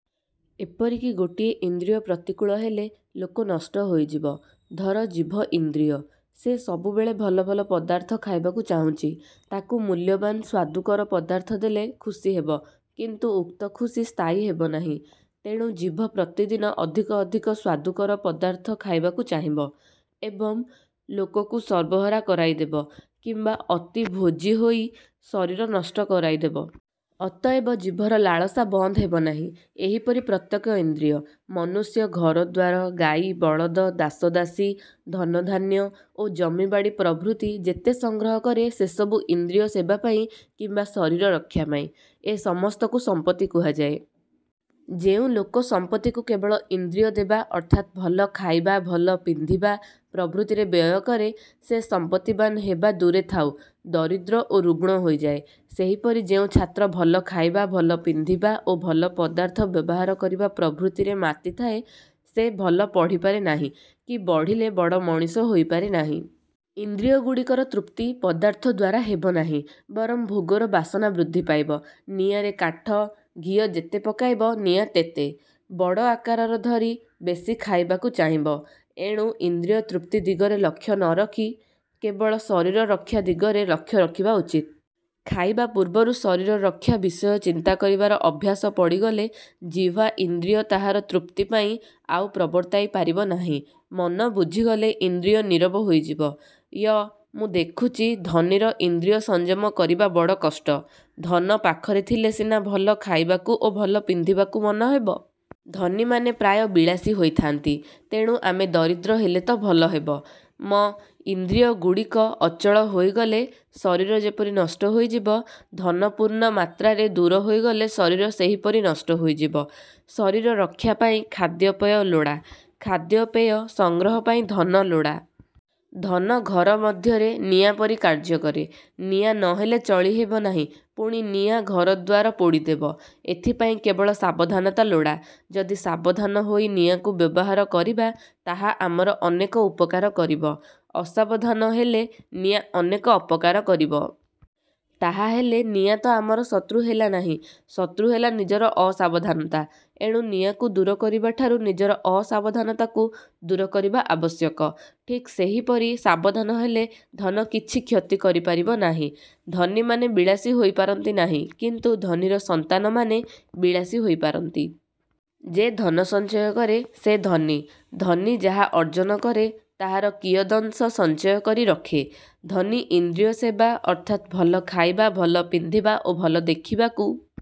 ଏପରିକି ଗୋଟିଏ ଇନ୍ଦ୍ରିୟ ପ୍ରତିକୂଳ ହେଲେ, ଲୋକ ନଷ୍ଟ ହୋଇଯିବ। ଧର, ଜିଭ ଇନ୍ଦ୍ରିୟ। ସେ ସବୁବେଳେ ଭଲ ଭଲ ପଦାର୍ଥ ଖାଇବାକୁ ଚାହୁଁଛି। ତାକୁ ମୂଲ୍ୟବାନ୍ ସ୍ୱାଦୁକର ପଦାର୍ଥ ଦେଲେ ଖୁସି ହେବ କିନ୍ତୁ ଉକ୍ତ ଖୁସି ସ୍ଥାୟୀ ହେବ ନାହିଁ-। ତେଣୁ ଜିଭ ପ୍ରତିଦିନ ଅଧିକ ଅଧିକ ସ୍ଵାଦୁକର ପଦାର୍ଥ ଖାଇବାକୁ ଚାହିଁବ ଏବଂ ଲୋକକୁ ସର୍ବହରା କରାଇଦେବ କିମ୍ବା ଅତିଭୋଜୀ ହୋଇ ଶରୀର ନଷ୍ଟ କରାଇଦେବ। ଅତଏବ ଜିଭର ଲାଳସା ବନ୍ଦ ହେବ ନାହିଁ। ଏହିପରି ପ୍ରତ୍ୟେକ ଇନ୍ଦ୍ରିୟ। ମନୁଷ୍ୟ ଘରଦ୍ଵାର, ଗାଈ, ବଳଦ, ଦାସ ଦାସୀ, ଧନ ଧାନ୍ୟ ଓ ଜମିବାଡ଼ି ପ୍ରଭୃତି ଯେତେ ସଂଗ୍ରହ କରେ ସେସବୁ ଇନ୍ଦ୍ରିୟ ସେବା ପାଇଁ କିମ୍ବା ଶରୀର ରକ୍ଷା ପାଇଁ। ଏ ସମସ୍ତକୁ ସମ୍ପତ୍ତି କୁହାଯାଏ। ଯେଉଁ ଲୋକ ସମ୍ପତ୍ତିକୁ କେବଳ ଇନ୍ଦ୍ରିୟ ଦେବା ଅର୍ଥାତ୍ ଭଲ ଖାଇବା, ଭଲ ପିନ୍ଧିବା ପ୍ରଭୃତିରେ ବ୍ୟୟ କରେ ସେ ସମ୍ପତ୍ତିବାନ୍ ହେବା ଦୂରେ ଥାଉ ଦରିଦ୍ର ଓ ରୁଗ୍ଣ ହୋଇଯାଏ-। ସେହିପରି ଯେଉଁ ଛାତ୍ର ଭଲ ଖାଇବା, ଭଲ ପିନ୍ଧିବା ଓ ଭଲ ପଦାର୍ଥ ବ୍ୟବହାର କରିବା ପ୍ରଭୃତିରେ ମାତିଥାଏ; ସେ ଭଲ ପଢ଼ିପାରେ ନାହିଁ କି ବଢ଼ିଲେ ବଡ଼ ମଣିଷ ହୋଇପାରେ ନାହିଁ-। ଇନ୍ଦ୍ରିୟଗୁଡ଼ିକର ତୃପ୍ତି ପଦାର୍ଥ ଦ୍ଵାରା ହେବ ନାହିଁ, ବରଂ ଭୋଗର ବାସନା ବୃଦ୍ଧି ପାଇବ-। ନିଆଁରେ କାଠ, ଘିଅ ଯେତେ ପକାଇବ ନିଆଁ ତେତେ। ବଡ଼ ଆକାରର ଧରି ବେଶୀ ଖାଇବାକୁ ଚାହିଁବ। ଏଣୁ ଇନ୍ଦ୍ରିୟ ତୃପ୍ତି ଦିଗରେ ଲକ୍ଷ୍ୟ ନ ରଖି କେବଳ ଶରୀର ରକ୍ଷା ଦିଗରେ ଲକ୍ଷ୍ୟ ରଖିବା ଉଚିତ। ଖାଇବା ପୂର୍ବରୁ ଶରୀର ରକ୍ଷା ବିଷୟ ଚିନ୍ତା କରିବାର ଅଭ୍ୟାସ ପଡ଼ିଗଲେ ଜିହ୍ଵା ଇନ୍ଦ୍ରିୟ ତାହାର ତୃପ୍ତି ପାଇଁ ଆଉ ପ୍ରବର୍ତ୍ତାଇ ପାରିବ ନାହିଁ। ମନ ବୁଝିଗଲେ ଇନ୍ଦ୍ରିୟ ନୀରବ ହୋଇଯିବ-। ୟ-ମୁଁ ଦେଖୁଛି, ଧନୀର ଇନ୍ଦ୍ରିୟ ସଂଯମ କରିବା ବଡ଼ କଷ୍ଟ। ଧନ ପାଖରେ ଥିଲେ ସିନା ଭଲ ଖାଇବାକୁ ଓ ଭଲ ପିନ୍ଧିବାକୁ ମନ ହେବ। ଧନୀମାନେ ପ୍ରାୟ ବିଳାସୀ ହୋଇଥାନ୍ତି। ତେଣୁ ଆମେ ଦରିଦ୍ର ହେଲେ ତ ଭଲ ହେବ? ମ-ଇନ୍ଦ୍ରିୟଗୁଡ଼ିକ ଅଚଳ ହୋଇଗଲେ ଶରୀର ଯେପରି ନଷ୍ଟ ହୋଇଯିବ, ଧନ ପୂର୍ଣ୍ଣ ମାତ୍ରାରେ ଦୂର ହୋଇଗଲେ ଶରୀର ସେହିପରି ନଷ୍ଟ ହୋଇଯିବ। ଶରୀର ରକ୍ଷା ପାଇଁ ଖାଦ୍ୟପେୟ ଲୋଡ଼ା, ଖାଦ୍ୟପେୟ ସଂଗ୍ରହ ପାଇଁ ଧନ ଲୋଡ଼ା। ଧନ ଘର ମଧ୍ୟରେ ନିଆଁ ପରି କାର୍ଯ୍ୟ କରେ। ନିଆଁ ନ ହେଲେ ଚଳିହେବ ନାହିଁ, ପୁଣି ନିଆଁ ଘରଦ୍ଵାର ପୋଡ଼ିଦେବ। ଏଥିପାଇଁ କେବଳ ସାବଧାନତା ଲୋଡ଼ା। ଯଦି ସାବଧାନ ହୋଇ ନିଆଁକୁ ବ୍ୟବହାର କରିବା, ତାହା ଆମର ଅନେକ ଉପକାର କରିବ। ଅସାବଧାନ ହେଲେ ନିଆଁ ଅନେକ ଅପକାର କରିବ। ତାହାହେଲେ ନିଆଁତ ଆମର ଶତ୍ରୁ ହେଲା ନାହିଁ, ଶତ୍ରୁ ହେଲା ନିଜର ଅସାବଧାନତା। ଏଣୁ ନିଆଁକୁ ଦୂର କରିବା ଠାରୁ ନିଜର ଅସାବଧାନତାକୁ ଦୂର କରିବା ଆବଶ୍ୟକ। ଠିକ୍ ସେହିପରି ସାବଧାନ ହେଲେ ଧନ କିଛି କ୍ଷତି କରିପାରିବ ନାହିଁ। ଧନୀମାନେ ବିଳାସୀ ହୋଇପାରନ୍ତି ନାହିଁ କିନ୍ତୁ ଧନୀର ସନ୍ତାନମାନେ ବିଳାସୀ ହୋଇପାରନ୍ତି। ଯେ ଧନ ସଞ୍ଚୟ କରେ ସେ ଧନୀ। ଧନୀ ଯାହା ଅର୍ଜନ କରେ ତାହାର କିୟଦଂଶ ସଞ୍ଚୟ କରି ରଖେ। ଧନୀ ଇନ୍ଦ୍ରିୟ ସେବା ଅର୍ଥାତ୍ ଭଲ ଖାଇବା, ଭଲ ପିନ୍ଧିବା ଓ ଭଲ ଦେଖିବାକୁ